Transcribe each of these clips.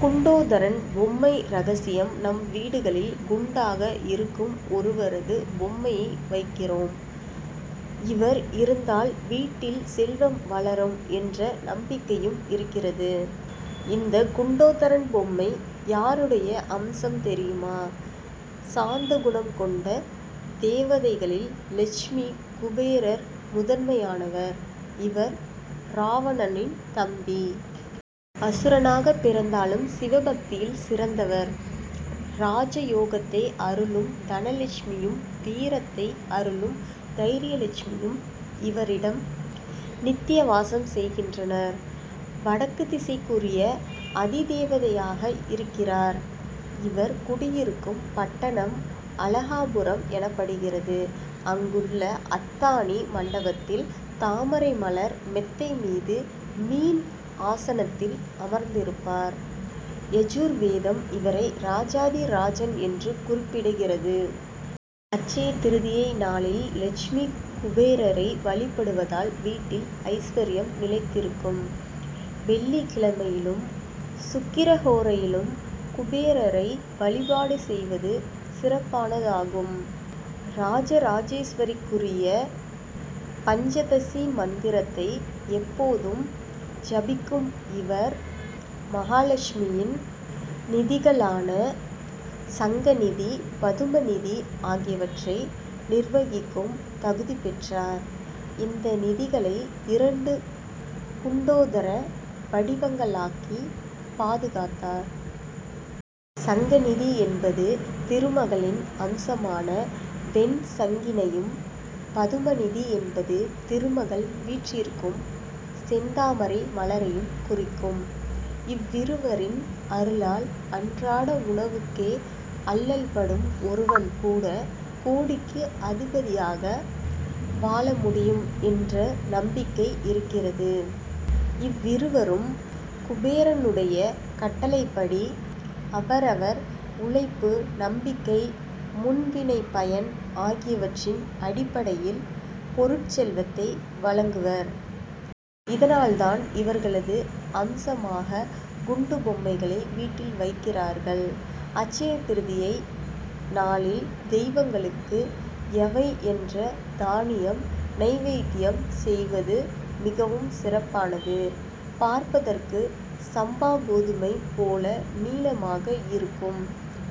குண்டோதரன் பொம்மை ரகசியம் நம் வீடுகளில் குண்டாக இருக்கும் ஒருவரது பொம்மையை வைக்கிறோம். இவர் இருந்தால் வீட்டில் செல்வம் வளரும் என்ற நம்பிக்கையும் இருக்கிறது. இந்த குண்டோதரன் பொம்மை யாருடைய அம்சம் தெரியுமா? சாந்தகுணம் கொண்ட தேவதைகளில் லட்சுமி குபேரர் முதன்மையானவர். இவர் ராவணனின் தம்பி. அசுரனாகப் பிறந்தாலும் சிவபக்தியில் சிறந்தவர். ராஜயோகத்தை அருளும் தனலட்சுமியும் வீரத்தை அருளும் தைரியலட்சுமியும் இவரிடம் நித்யவாசம் செய்கின்றனர். வடக்கு திசைக்குரிய அதிதேவதையாக இருக்கிறார். இவர் குடியிருக்கும் பட்டணம் அழகாபுரம் எனப்படுகிறது. அங்குள்ள அத்தாணி மண்டபத்தில் தாமரைமலர் மெத்தை மீது மீன் ஆசனத்தில் அமர்ந்திருப்பார். யஜுர்வேதம் இவரை ராஜாதிராஜன் என்று குறிப்பிடுகிறது. அட்சயதிரிதியை நாளில் லட்சுமி குபேரரை வழிபடுவதால் வீட்டில் ஐஸ்வர்யம் நிலைத்திருக்கும். வெள்ளிக்கிழமையிலும் சுக்கிரஹோரையிலும் குபேரரை வழிபாடு செய்வது சிறப்பானதாகும். ராஜராஜேஸ்வரிக்குரிய பஞ்சதசீ மந்திரத்தை எப்போதும் ஜபிக்கும் இவர் மகாலட்சுமியின் நிதிகளான சங்கநிதி பதுமநிதி ஆகியவற்றை நிர்வகிக்கும் தகுதி பெற்றார். இந்த நிதிகளை இரண்டு குண்டோதர வடிவங்களாக்கி பாதுகாத்தார். சங்கநிதி என்பது திருமகளின் அம்சமான வெண்சங்கினையும் பதுமநிதி என்பது திருமகள் வீற்றிருக்கும் செந்தாமரை மலரையும் குறிக்கும். இவ்விருவரின் அருளால் அன்றாட உணவுக்கே அல்லல்படும் ஒருவன் கூட கோடிக்கு அதிபதியாக வாழ முடியும் என்ற நம்பிக்கை இருக்கிறது. இவ்விருவரும் குபேரனுடைய கட்டளைப்படி அவரவர் உழைப்பு நம்பிக்கை முன்வினைப்பயன் ஆகியவற்றின் அடிப்படையில் பொருட் செல்வத்தை வழங்குவர். இதனால் தான் இவர்களது அம்சமாக குண்டு பொம்மைகளை வீட்டில் வைக்கிறார்கள். அட்சயதிரிதியை நாளில் தெய்வங்களுக்கு யவை என்ற தானியம் நைவேத்யம் செய்வது மிகவும் சிறப்பானது. பார்ப்பதற்கு சம்பா கோதுமை போல நீளமாக இருக்கும்.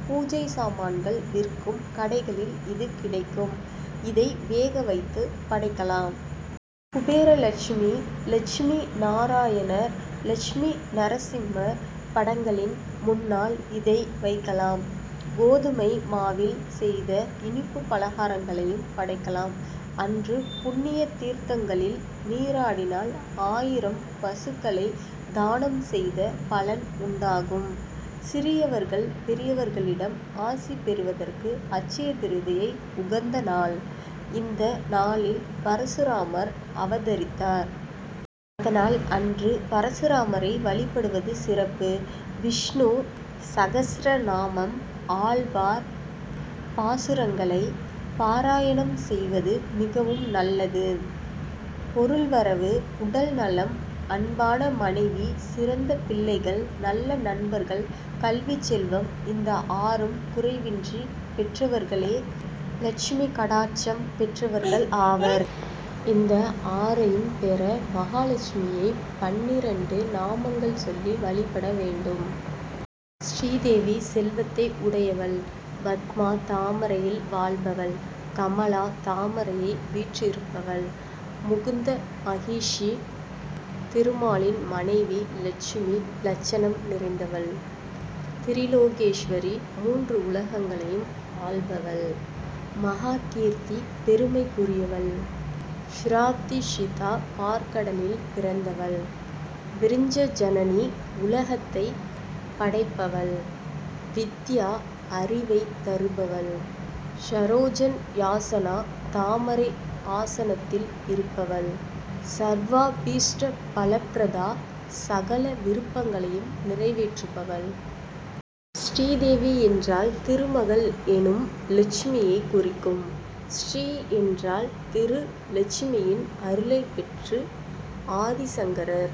பூஜை சாமான்கள் விற்கும் கடைகளில் இது கிடைக்கும். இதை வேகவைத்து படைக்கலாம். குபேரலட்சுமி லட்சுமி நாராயணர் லட்சுமி நரசிம்மர் படங்களின் முன்னால் இதை வைக்கலாம். கோதுமை மாவில் செய்த இனிப்பு பலகாரங்களையும் படைக்கலாம். அன்று புண்ணிய தீர்த்தங்களில் நீராடினால் ஆயிரம் பசுக்களைத் தானம் செய்த பலன் உண்டாகும். சிறியவர்கள் பெரியவர்களிடம் ஆசி பெறுவதற்கு அட்சயதிரிதியை உகந்த நாள். இந்த நாளில் பரசுராமர் அவதரித்தார். அதனால் அன்று பரசுராமரை வழிபடுவது சிறப்பு. விஷ்ணு சகஸ்ரநாமம் ஆழ்வார் பாசுரங்களைப் பாராயணம் செய்வது மிகவும் நல்லது. பொருள்வரவு உடல்நலம் அன்பான மனைவி சிறந்த பிள்ளைகள் நல்ல நண்பர்கள் கல்விச்செல்வம் இந்த ஆறும் குறைவின்றி பெற்றவர்களே லட்சுமி கடாட்சம் பெற்றவர்கள் ஆவர். இந்த ஆறையும் பெற மகாலட்சுமியை பன்னிரண்டு நாமங்கள் சொல்லி வழிபட வேண்டும். ஸ்ரீதேவி செல்வத்தை உடையவள் பத்மா தாமரையில் வாழ்பவள் கமலா தாமரையை வீற்றிருப்பவள் முகுந்த மஹிஷீ திருமாலின் மனைவி லட்சுமி லட்சணம் நிறைந்தவள் திரிலோகேஸ்வரி மூன்று உலகங்களையும் ஆள்பவள் மகாகீர்த்தி பெருமைக்குரியவள் க்ஷிராப்திஸுதா பாற்கடலில் பிறந்தவள் விரிஞ்சஜனனி உலகத்தைப் படைப்பவள் வித்யா அறிவைத் தருபவள் ஸரோஜன்யாசனா தாமரை ஆசனத்தில் இருப்பவள் ஸர்வாபீஷ்டபலப்ரதா சகல விருப்பங்களையும் நிறைவேற்றுபவள். ஸ்ரீதேவி என்றால் திருமகள் என்னும் லட்சுமியைக் குறிக்கும். ஸ்ரீ என்றால் திரு. லட்சுமியின் அருளைப் பெற்று ஆதிசங்கரர்